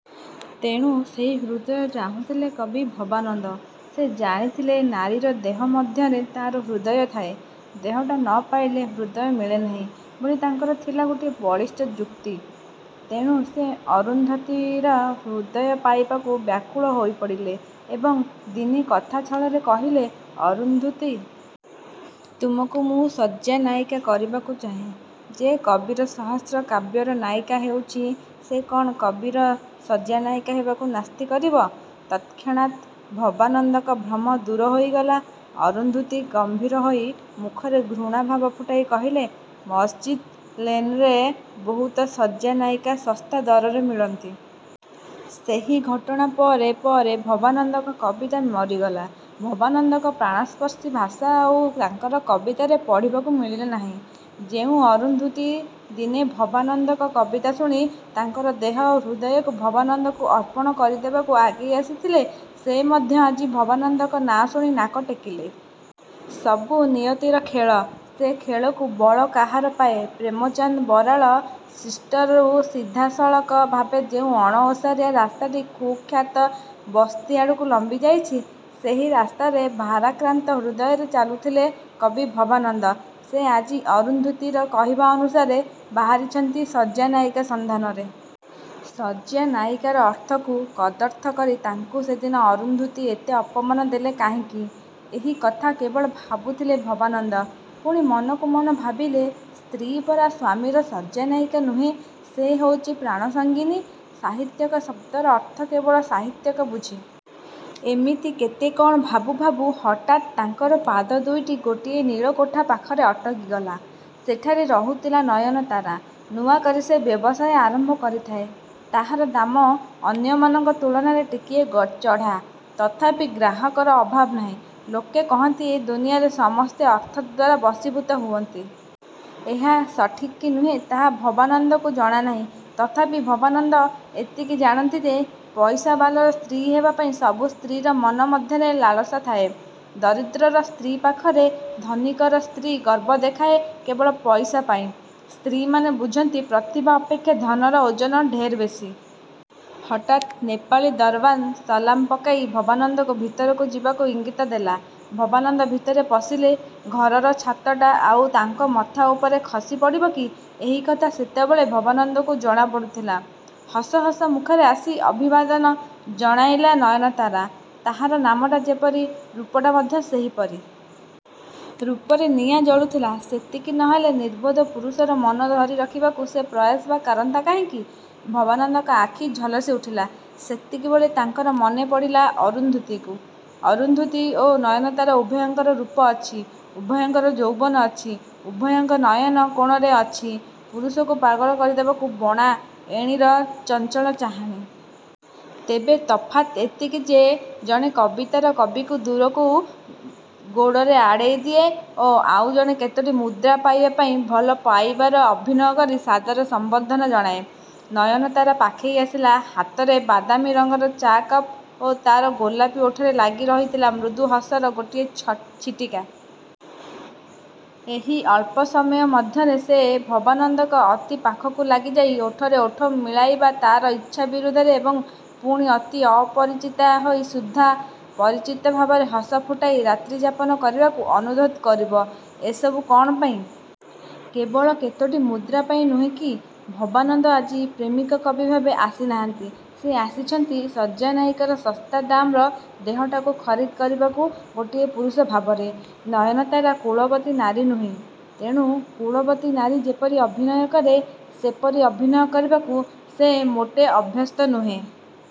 ତେଣୁ ସେହି ହୃଦୟ ଚାହୁଁଥିଲେ କବି ଭବାନନ୍ଦ। ସେ ଜାଣିଥିଲେ ନାରୀର ଦେହ ମଧ୍ୟରେ ତା'ର ହୃଦୟ ଥାଏ। ଦେହଟା ନ ପାଇଲେ ହୃଦୟ ମିଳେନାହିଁ ବୋଲି ତାଙ୍କର ଥିଲା ଗୋଟିଏ ବଳିଷ୍ଠ ଯୁକ୍ତି। ତେଣୁ ସେ ଅରୁନ୍ଧୁତୀର ହୃଦୟ ପାଇବାକୁ ବ୍ୟାକୁଳ ହୋଇପଡ଼ିଥିଲେ ଏବଂ ଦିନେ କଥା ଛଳରେ କହିଲେ, ''ଅରୁନ୍ଧୁତୀ! ତୁମକୁ ମୁଁ ଶଯ୍ୟାନାୟିକା କରିବାକୁ ଚାହେଁ। ଯେ କବିର ସହସ୍ର କାବ୍ୟର ନାୟିକା ହୋଇଛି ସେ କ'ଣ କବିର ଶଯ୍ୟାନାୟିକା ହେବାକୁ ନାସ୍ତି କରିବ? '' ତତ୍କ୍ଷଣାତ ଭବାନନ୍ଦଙ୍କ ଭ୍ରମ ଦୂର ହୋଇଗଲା। ଅରୁନ୍ଧୁତୀ ଗମ୍ଭୀର ହୋଇ ମୁଖରେ ଘୃଣାଭାବ ଫୁଟାଇ କହିଲେ, ''ମସ୍ଜିଦ୍ ଲେନରେ ବହୁତ ଶଯ୍ୟାନାୟିକା ଶସ୍ତା ଦରରେ ମିଳନ୍ତି। '' ସେହି ଘଟଣା ପରେ ପରେ ଭବାନନ୍ଦଙ୍କ କବିତା ମରିଗଲା। ଭବାନନ୍ଦଙ୍କ ପ୍ରାଣସ୍ପର୍ଶୀ ଭାଷା ଆଉ ତାଙ୍କର କବିତାରେ ପଢ଼ିବାକୁ ମିଳିଲା ନାହିଁ। ଯେଉଁ ଅରୁନ୍ଧୁତୀ ଦିନେ ଭବାନନ୍ଦଙ୍କ କବିତା ଶୁଣି ତାଙ୍କର ଦେହ ଓ ହୃଦୟକୁ ଭବାନନ୍ଦକୁ ଅର୍ପଣ କରିଦେବାକୁ ଆଗେଇ ଆସିଥିଲେ ସେ ମଧ୍ୟ ଆଜି ଭବାନନ୍ଦଙ୍କ ନାଁ ଶୁଣି ନାକ ଟେକିଲେ। ସବୁ ନିୟତିର ଖେଳ। ସେ ଖେଳକୁ ବଳ କାହାର ପାଏ। ପ୍ରେମଚାନ୍ଦ ବରାଳ ଷ୍ଟ୍ରୀଟରୁ ସିଧାସଳଖ ଭାବେ ଯେଉଁ ଅଣଓସାରିଆ ରାସ୍ତାଟି କୁଖ୍ୟାତ ବସ୍ତି ଆଡ଼କୁ ଲମ୍ବିଯାଇଛି ସେହି ରାସ୍ତାରେ ଭାରାକ୍ରାନ୍ତ ହୃଦୟରେ ଚାଲୁଥିଲେ କବି ଭବାନନ୍ଦ। ସେ ଆଜି ଅରୁନ୍ଧୁତୀର କହିବା ଅନୁସାରେ ବାହାରିଛନ୍ତି ଶଯ୍ୟାନାୟିକା ସନ୍ଧାନରେ। ଶଯ୍ୟାନାୟିକାର ଅର୍ଥକୁ କଦର୍ଥ କରି ତାଙ୍କୁ ସେଦିନ ଅରୁନ୍ଧୁତୀ ଏତେ ଅପମାନ ଦେଲେ କାହିଁକି, ଏହି କଥା କେବଳ ଭାବୁଥିଲେ ଭବାନନ୍ଦ। ପୁଣି ମନକୁ ମନ ଭାବିଲେ ସ୍ତ୍ରୀ ପରା ସ୍ୱାମୀର ଶଯ୍ୟାନାୟିକା ନୁହେଁ। ସେ ହେଉଛି ପ୍ରାଣସଙ୍ଗିନୀ। ସାହିତ୍ୟିକ ଶବ୍ଦର ଅର୍ଥ କେବଳ ସାହିତ୍ୟିକ ବୁଝେ। ଏମିତି କେତେ କ'ଣ ଭାବୁ ଭାବୁ ହଠାତ୍ ତାଙ୍କର ପାଦ ଦୁଇଟି ଗୋଟିଏ ନୀଳକୋଠା ପାଖରେ ଅଟକିଗଲା। ସେଠାରେ ରହୁଥିଲା ନୟନତାରା। ନୂଆକରି ସେ ବ୍ୟବସାୟ ଆରମ୍ଭ କରିଥାଏ। ତାହାର ଦାମ ଅନ୍ୟମାନଙ୍କ ତୁଳନାରେ ଟିକିଏ ଚଢ଼ା। ତଥାପି ଗ୍ରାହକର ଅଭାବ ନାହିଁ। ଲୋକେ କହନ୍ତି ଏ ଦୁନିଆରେ ସମସ୍ତେ ଅର୍ଥଦ୍ୱାରା ବଶୀଭୂତ ହୁଅନ୍ତି। ଏହା ସଠିକ୍ କି ନୁହେଁ ତାହା ଭବାନନ୍ଦଙ୍କୁ ଜଣାନାହିଁ। ତଥାପି ଭବାନନ୍ଦ ଏତିକି ଜାଣନ୍ତି ଯେ ପଇସାବାଲାର ସ୍ତ୍ରୀ ହେବାପାଇଁ ସବୁ ସ୍ତ୍ରୀର ମନ ମଧ୍ୟରେ ଲାଲସା ଥାଏ। ଦରିଦ୍ରର ସ୍ତ୍ରୀ ପାଖରେ ଧନୀକର ସ୍ତ୍ରୀ ଗର୍ବ ଦେଖାଏ କେବଳ ପଇସା ପାଇଁ। ସ୍ତ୍ରୀମାନେ ବୁଝନ୍ତି ପ୍ରତିଭା ଅପେକ୍ଷା ଧନର ଓଜନ ଢେର ବେଶି-। ହଠାତ୍ ନେପାଳୀ ଦରବାନ୍ ସଲାମ ପକାଇ ଭବାନନ୍ଦଙ୍କୁ ଭିତରକୁ ଯିବାକୁ ଇଙ୍ଗିତ ଦେଲା। ଭବାନନ୍ଦ ଭିତରେ ପଶିଲେ। ଘରର ଛାତଟା ଆଉ ତାଙ୍କ ମଥା ଉପରେ ଖସିପଡ଼ିବକି ଏହି କଥା ସେତେବେଳେ ଭବାନନ୍ଦଙ୍କୁ ଜଣାପଡ଼ୁଥିଲା। ହସ ହସ ମୁଖରେ ଆସି ଅଭିବାଦନ। ଜଣାଇଲା ନୟନତାରା। ତାହାର ନାମଟା ଯେପରି, ରୂପଟା ମଧ୍ୟ ସେହିପରି। ରୂପରେ ନିଆଁ ଜଳୁଥିଲା। ସେତିକି ନ ହେଲେ ନିର୍ବୋଧ ପୁରୁଷର ମନ ଧରିରଖିବାକୁ ସେ ପ୍ରୟାସ ବା କରନ୍ତା କାହିଁକି? ଭବାନନ୍ଦଙ୍କ ଆଖି ଝଲସିଉଠିଲା। ସେତିକିବେଳେ ତାଙ୍କର ମନେପଡ଼ିଲା ଅରୁନ୍ଧୁତୀକୁ। ଅରୁନ୍ଧୁତୀ ଓ ନୟନତାରା ଉଭୟଙ୍କର ରୂପ ଅଛି। ଉଭୟଙ୍କର ଯୌବନ ଅଛି। ଉଭୟଙ୍କ ନୟନ କୋଣରେ ଅଛି ପୁରୁଷକୁ ପାଗଳ କରିଦେବାକୁ ବଣା ଏଣୀର ଚଞ୍ଚଳ ଚାହାଣି। ତେବେ ତଫାତ୍ ଏତିକି ଯେ ଜଣେ କବିତାର କବିକୁ ଦୂରକୁ ଗୋଡ଼ରେ ଆଡ଼େଇ ଦିଏ ଓ ଆଉ ଜଣେ କେତୋଟି ମୁଦ୍ରା ପାଇବା ପାଇଁ ଭଲ ପାଇବାର ଅଭିନୟ କରି ସାଦର ସମ୍ବର୍ଦ୍ଧନା ଜଣାଏ। ନୟନତାରା ପାଖେଇ ଆସିଲା। ହାତରେ ବାଦାମୀରଙ୍ଗର ଚା' କପ୍ ଓ ତା'ର ଗୋଲାପି ଓଠରେ ଲାଗିରହିଥିଲା ମୃଦୁ ହସର ଗୋଟିଏ ଛିଟିକା। ଏହି ଅଳ୍ପ ସମୟ ମଧ୍ୟରେ ସେ ଭବାନନ୍ଦଙ୍କ ଅତି ପାଖକୁ ଲାଗିଯାଇ ଓଠରେ ଓଠ ମିଳାଇବ ତା'ର ଇଚ୍ଛା ବିରୁଦ୍ଧରେ ଏବଂ ପୁଣି ଅତି ଅପରିଚିତା ହୋଇ ସୁଦ୍ଧା ପରିଚିତା ଭାବରେ ହସ ଫୁଟାଇ ରାତ୍ରିଯାପନ କରିବାକୁ ଅନୁରୋଧ କରିବ। ଏ ସବୁ କ'ଣ ପାଇଁ? କେବଳ କେତୋଟି ମୁଦ୍ରା ପାଇଁ ନୁହେଁ କି? ଭବାନନ୍ଦ ଆଜି ପ୍ରେମିକ କବି ଭାବେ ଆସିନାହାନ୍ତି। ସେ ଆସିଛନ୍ତି, ଶଯ୍ୟାନାୟିକାର ଶସ୍ତା ଦାମର ଦେହଟାକୁ ଖରିଦ କରିବାକୁ ଗୋଟିଏ ପୁରୁଷ ଭାବରେ। ନୟନତାରା କୁଳବତୀ ନାରୀ ନୁହେଁ। ତେଣୁ କୁଳବତୀ ନାରୀ ଯେପରି ଅଭିନୟ କରେ ସେପରି ଅଭିନୟ କରିବାକୁ ସେ ମୋଟେ ଅଭ୍ୟସ୍ତ ନୁହେଁ।